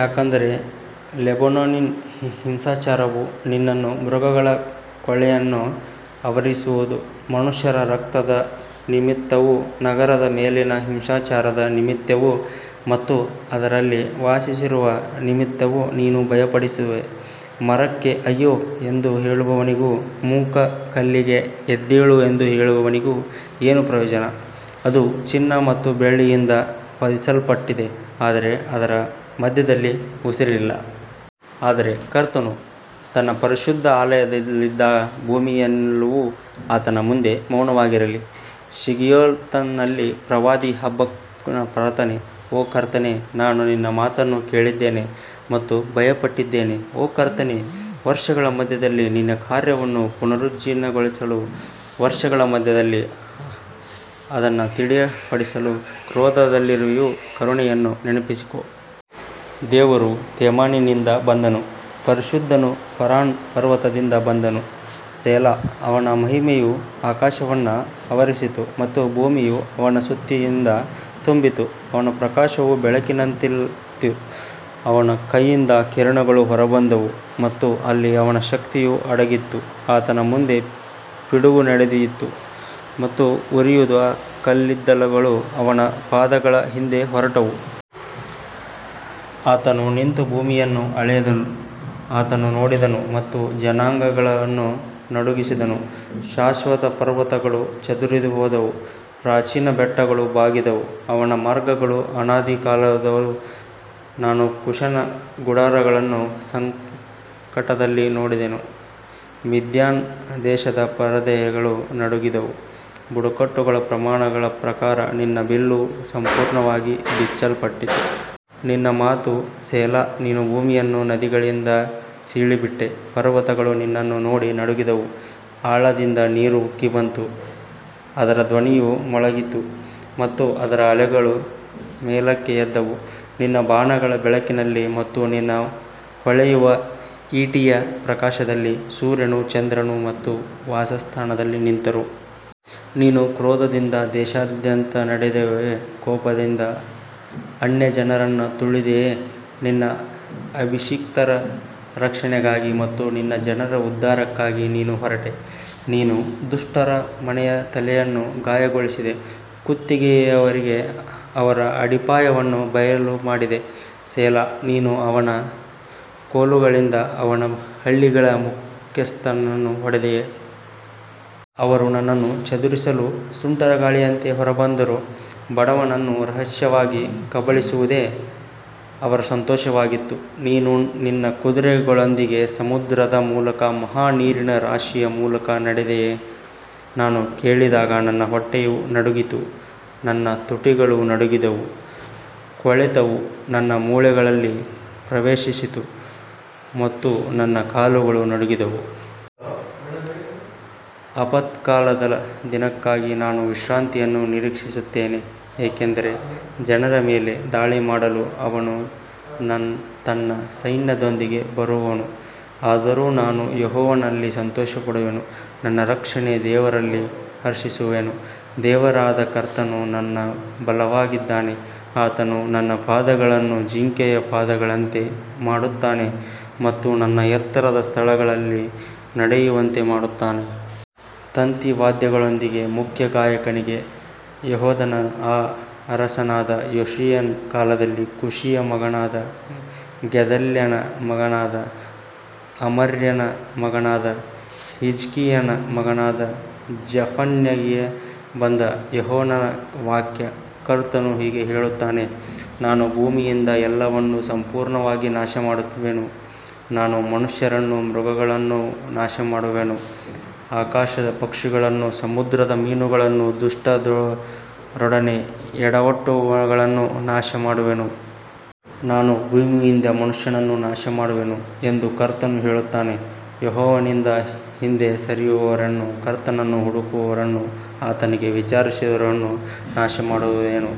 ಯಾಕಂದರೆ ಲೆಬನೋನಿನ ಹಿಂಸಾಚಾರವು ನಿನ್ನನ್ನೂ ಮೃಗಗಳ ಕೊಳ್ಳೆಯನ್ನೂ ಆವರಿಸುವುದು, ಮನುಷ್ಯರ ರಕ್ತದ ನಿಮಿತ್ತವೂ ನಗರದ ಮೇಲಿನ ಹಿಂಸಾಚಾರದ ನಿಮಿತ್ತವೂ ಮತ್ತು ಅದರಲ್ಲಿ ವಾಸಿಸುವವರ ನಿಮಿತ್ತವೂ ನೀನು ಭಯಪಡಿಸುವೆ. ಮರಕ್ಕೆ ಅಯ್ಯೋ ಎಂದು ಹೇಳುವವನಿಗೂ, ಮೂಕ ಕಲ್ಲಿಗೆ ಎದ್ದೇಳು ಎಂದು ಹೇಳುವವನಿಗೂ ಏನು ಪ್ರಯೋಜನ? ಅದು ಚಿನ್ನ ಮತ್ತು ಬೆಳ್ಳಿಯಿಂದ ಹೊದಿಸಲ್ಪಟ್ಟಿದೆ, ಆದರೆ ಅದರ ಮಧ್ಯದಲ್ಲಿ ಉಸಿರಿಲ್ಲ. ಆದರೆ ಕರ್ತನು ತನ್ನ ಪರಿಶುದ್ಧ ಆಲಯದಲ್ಲಿದ್ದಾನೆ, ಭೂಮಿಯೆಲ್ಲವೂ ಆತನ ಮುಂದೆ ಮೌನವಾಗಿರಲಿ. ಶಿಗಿಯೋನೋತ್‌ನಲ್ಲಿ ಪ್ರವಾದಿ ಹಬಕ್ಕೂಕನ ಪ್ರಾರ್ಥನೆ. ಓ ಕರ್ತನೇ, ನಾನು ನಿನ್ನ ಮಾತನ್ನು ಕೇಳಿದ್ದೇನೆ ಮತ್ತು ಭಯಪಟ್ಟಿದ್ದೇನೆ. ಓ ಕರ್ತನೇ, ವರ್ಷಗಳ ಮಧ್ಯದಲ್ಲಿ ನಿನ್ನ ಕಾರ್ಯವನ್ನು ಪುನರುಜ್ಜೀವನಗೊಳಿಸು, ವರ್ಷಗಳ ಮಧ್ಯದಲ್ಲಿ ಅದನ್ನು ತಿಳಿಯಪಡಿಸು. ಕ್ರೋಧದಲ್ಲಿಯೂ ಕರುಣೆಯನ್ನು ನೆನಪಿಸಿಕೋ. ದೇವರು ತೇಮಾನಿನಿಂದ ಬಂದನು, ಪರಿಶುದ್ಧನು ಪರಾನ್ ಪರ್ವತದಿಂದ ಬಂದನು. ಸೆಲಾ. ಅವನ ಮಹಿಮೆಯು ಆಕಾಶವನ್ನು ಆವರಿಸಿತು ಮತ್ತು ಭೂಮಿಯು ಅವನ ಸ್ತುತಿಯಿಂದ ತುಂಬಿತು. ಅವನ ಪ್ರಕಾಶವು ಬೆಳಕಿನಂತಿತ್ತು, ಅವನ ಕೈಯಿಂದ ಕಿರಣಗಳು ಹೊರಬಂದವು ಮತ್ತು ಅಲ್ಲಿ ಅವನ ಶಕ್ತಿಯು ಅಡಗಿತ್ತು. ಆತನ ಮುಂದೆ ಪಿಡುಗು ನಡೆಯಿತು ಮತ್ತು ಉರಿಯುವ ಕಲ್ಲಿದ್ದಲುಗಳು ಅವನ ಪಾದಗಳ ಹಿಂದೆ ಹೊರಟವು. ಆತನು ನಿಂತು ಭೂಮಿಯನ್ನು ಅಳೆದನು, ಆತನು ನೋಡಿದನು ಮತ್ತು ಜನಾಂಗಗಳನ್ನು ನಡುಗಿಸಿದನು. ಶಾಶ್ವತ ಪರ್ವತಗಳು ಚದುರಿಹೋದವು, ಪ್ರಾಚೀನ ಬೆಟ್ಟಗಳು ಬಾಗಿದವು. ಅವನ ಮಾರ್ಗಗಳು ಅನಾದಿಕಾಲದವು. ನಾನು ಕೂಷನ ಗುಡಾರಗಳನ್ನು ಸಂಕಟದಲ್ಲಿ ನೋಡಿದೆನು, ಮಿದ್ಯಾನ್ ದೇಶದ ಪರದೆಗಳು ನಡುಗಿದವು. ಬುಡಕಟ್ಟುಗಳ ಪ್ರಮಾಣಗಳ ಪ್ರಕಾರ ನಿನ್ನ ಬಿಲ್ಲು ಸಂಪೂರ್ಣವಾಗಿ ಬಿಚ್ಚಲ್ಪಟ್ಟಿತು. ನಿನ್ನ ಮಾತು ಸೆಲಾ. ನೀನು ಭೂಮಿಯನ್ನು ನದಿಗಳಿಂದ ಸೀಳಿಬಿಟ್ಟೆ. ಪರ್ವತಗಳು ನಿನ್ನನ್ನು ನೋಡಿ ನಡುಗಿದವು, ಆಳದಿಂದ ನೀರು ಉಕ್ಕಿಬಂತು, ಅದರ ಧ್ವನಿಯು ಮೊಳಗಿತು ಮತ್ತು ಅದರ ಅಲೆಗಳು ಮೇಲಕ್ಕೆ ಎದ್ದವು. ನಿನ್ನ ಬಾಣಗಳ ಬೆಳಕಿನಲ್ಲಿ ಮತ್ತು ನಿನ್ನ ಹೊಳೆಯುವ ಈಟಿಯ ಪ್ರಕಾಶದಲ್ಲಿ ಸೂರ್ಯನೂ ಚಂದ್ರನೂ ತಮ್ಮ ವಾಸಸ್ಥಾನದಲ್ಲಿ ನಿಂತರು. ನೀನು ಕ್ರೋಧದಿಂದ ದೇಶದಾದ್ಯಂತ ನಡೆದೆಯೆ, ಕೋಪದಿಂದ ಅನ್ಯಜನರನ್ನು ತುಳಿದೆಯೆ. ನಿನ್ನ ಅಭಿಷಿಕ್ತರ ರಕ್ಷಣೆಗಾಗಿ ಮತ್ತು ನಿನ್ನ ಜನರ ಉದ್ಧಾರಕ್ಕಾಗಿ ನೀನು ಹೊರಟೆ. ನೀನು ದುಷ್ಟರ ಮನೆಯ ತಲೆಯನ್ನು ಗಾಯಗೊಳಿಸಿದೆ, ಕುತ್ತಿಗೆಯವರೆಗೆ ಅದರ ಅಡಿಪಾಯವನ್ನು ಬಯಲುಮಾಡಿದೆ. ಸೆಲಾ. ನೀನು ಅವನ ಕೋಲುಗಳಿಂದ ಅವನ ಹಳ್ಳಿಗಳ ಮುಖ್ಯಸ್ಥನನ್ನು ಹೊಡೆದೆಯೆ. ಅವರು ನನ್ನನ್ನು ಚದುರಿಸಲು ಸುಂಟರಗಾಳಿಯಂತೆ ಹೊರಬಂದರು, ಬಡವನನ್ನು ರಹಸ್ಯವಾಗಿ ಕಬಳಿಸುವುದೇ ಅವರ ಸಂತೋಷವಾಗಿತ್ತು. ನೀನು ನಿನ್ನ ಕುದುರೆಗಳೊಂದಿಗೆ ಸಮುದ್ರದ ಮೂಲಕ, ಮಹಾ ನೀರಿನ ರಾಶಿಯ ಮೂಲಕ ನಡೆದೆಯೆ. ನಾನು ಕೇಳಿದಾಗ ನನ್ನ ಹೊಟ್ಟೆಯು ನಡುಗಿತು, ನನ್ನ ತುಟಿಗಳು ನಡುಗಿದವು. ಕೊಳೆತವು ನನ್ನ ಮೂಳೆಗಳಲ್ಲಿ ಪ್ರವೇಶಿಸಿತು ಮತ್ತು ನನ್ನ ಕಾಲುಗಳು ನಡುಗಿದವು. ಆಪತ್ಕಾಲದ ದಿನಕ್ಕಾಗಿ ನಾನು ವಿಶ್ರಾಂತಿಯನ್ನು ನಿರೀಕ್ಷಿಸುತ್ತೇನೆ, ಏಕೆಂದರೆ ಜನರ ಮೇಲೆ ದಾಳಿ ಮಾಡಲು ಅವನು ತನ್ನ ಸೈನ್ಯದೊಂದಿಗೆ ಬರುವನು. ಆದರೂ ನಾನು ಯೆಹೋವನಲ್ಲಿ ಸಂತೋಷಪಡುವೆನು, ನನ್ನ ರಕ್ಷಣೆಯ ದೇವರಲ್ಲಿ ಹರ್ಷಿಸುವೆನು. ದೇವರಾದ ಕರ್ತನು ನನ್ನ ಬಲವಾಗಿದ್ದಾನೆ. ಆತನು ನನ್ನ ಪಾದಗಳನ್ನು ಜಿಂಕೆಯ ಪಾದಗಳಂತೆ ಮಾಡುತ್ತಾನೆ ಮತ್ತು ನನ್ನ ಎತ್ತರದ ಸ್ಥಳಗಳಲ್ಲಿ ನಡೆಯುವಂತೆ ಮಾಡುತ್ತಾನೆ. ತಂತಿವಾದ್ಯಗಳೊಂದಿಗೆ ಮುಖ್ಯ ಗಾಯಕನಿಗೆ. ಯೆಹೂದದ ಅರಸನಾದ ಯೋಷೀಯನ ಕಾಲದಲ್ಲಿ ಕೂಶಿಯ ಮಗನಾದ ಗೆದಲ್ಯನ ಮಗನಾದ ಅಮರ್ಯನ ಮಗನಾದ ಹಿಜ್ಕೀಯನ ಮಗನಾದ ಜೆಫನ್ಯನಿಗೆ ಬಂದ ಯೆಹೋವನ ವಾಕ್ಯ. ಕರ್ತನು ಹೀಗೆ ಹೇಳುತ್ತಾನೆ, ನಾನು ಭೂಮಿಯಿಂದ ಎಲ್ಲವನ್ನೂ ಸಂಪೂರ್ಣವಾಗಿ ನಾಶಮಾಡುವೆನು. ನಾನು ಮನುಷ್ಯರನ್ನೂ ಮೃಗಗಳನ್ನೂ ನಾಶಮಾಡುವೆನು. ಆಕಾಶದ ಪಕ್ಷಿಗಳನ್ನೂ ಸಮುದ್ರದ ಮೀನುಗಳನ್ನೂ ದುಷ್ಟರೊಡನೆ ಎಡವಟ್ಟುಗಳನ್ನೂ ನಾಶಮಾಡುವೆನು. ನಾನು ಭೂಮಿಯಿಂದ ಮನುಷ್ಯನನ್ನು ನಾಶಮಾಡುವೆನು ಎಂದು ಕರ್ತನು ಹೇಳುತ್ತಾನೆ. ಯೆಹೋವನಿಂದ ಹಿಂದೆ ಸರಿಯುವವರನ್ನೂ ಕರ್ತನನ್ನು ಹುಡುಕದವರನ್ನೂ ಆತನಿಗಾಗಿ ವಿಚಾರಿಸದವರನ್ನೂ ನಾಶಮಾಡುವೆನು.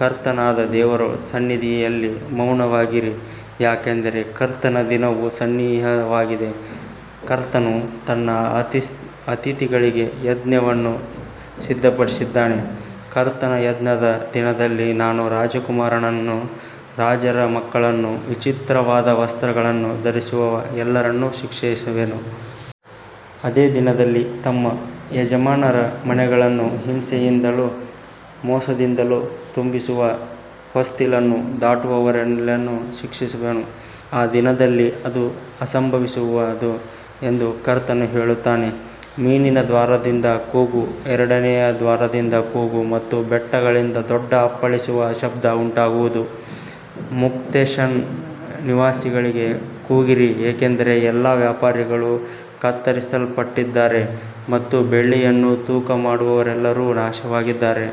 ಕರ್ತನಾದ ದೇವರ ಸನ್ನಿಧಿಯಲ್ಲಿ ಮೌನವಾಗಿರಿ, ಯಾಕಂದರೆ ಕರ್ತನ ದಿನವು ಸನ್ನಿಹಿತವಾಗಿದೆ. ಕರ್ತನು ತನ್ನ ಅತಿಥಿಗಳಿಗೆ ಯಜ್ಞವನ್ನು ಸಿದ್ಧಪಡಿಸಿದ್ದಾನೆ. ಕರ್ತನ ಯಜ್ಞದ ದಿನದಲ್ಲಿ ನಾನು ರಾಜಕುಮಾರರನ್ನೂ ರಾಜರ ಮಕ್ಕಳನ್ನೂ ವಿಚಿತ್ರವಾದ ವಸ್ತ್ರಗಳನ್ನು ಧರಿಸಿರುವ ಎಲ್ಲರನ್ನೂ ಶಿಕ್ಷಿಸುವೆನು. ಅದೇ ದಿನದಲ್ಲಿ ತಮ್ಮ ಯಜಮಾನರ ಮನೆಗಳನ್ನು ಹಿಂಸೆಯಿಂದಲೂ ಮೋಸದಿಂದಲೂ ತುಂಬಿಸುವ ಹೊಸ್ತಿಲನ್ನು ದಾಟುವವರೆಲ್ಲರನ್ನೂ ಶಿಕ್ಷಿಸುವೆನು. ಆ ದಿನದಲ್ಲಿ ಅದು ಸಂಭವಿಸುವುದು ಎಂದು ಕರ್ತನು ಹೇಳುತ್ತಾನೆ. ಮೀನಿನ ದ್ವಾರದಿಂದ ಕೂಗು, ಎರಡನೆಯ ದ್ವಾರದಿಂದ ಕೂಗು ಮತ್ತು ಬೆಟ್ಟಗಳಿಂದ ದೊಡ್ಡ ಅಪ್ಪಳಿಸುವ ಶಬ್ದ ಉಂಟಾಗುವುದು. ಮಕ್ತೇಶನ ನಿವಾಸಿಗಳೇ, ಕೂಗಿರಿ, ಏಕೆಂದರೆ ಎಲ್ಲಾ ವ್ಯಾಪಾರಿಗಳು ಕತ್ತರಿಸಲ್ಪಟ್ಟಿದ್ದಾರೆ ಮತ್ತು ಬೆಳ್ಳಿಯನ್ನು ತೂಕಮಾಡುವವರೆಲ್ಲರೂ ನಾಶವಾಗಿದ್ದಾರೆ.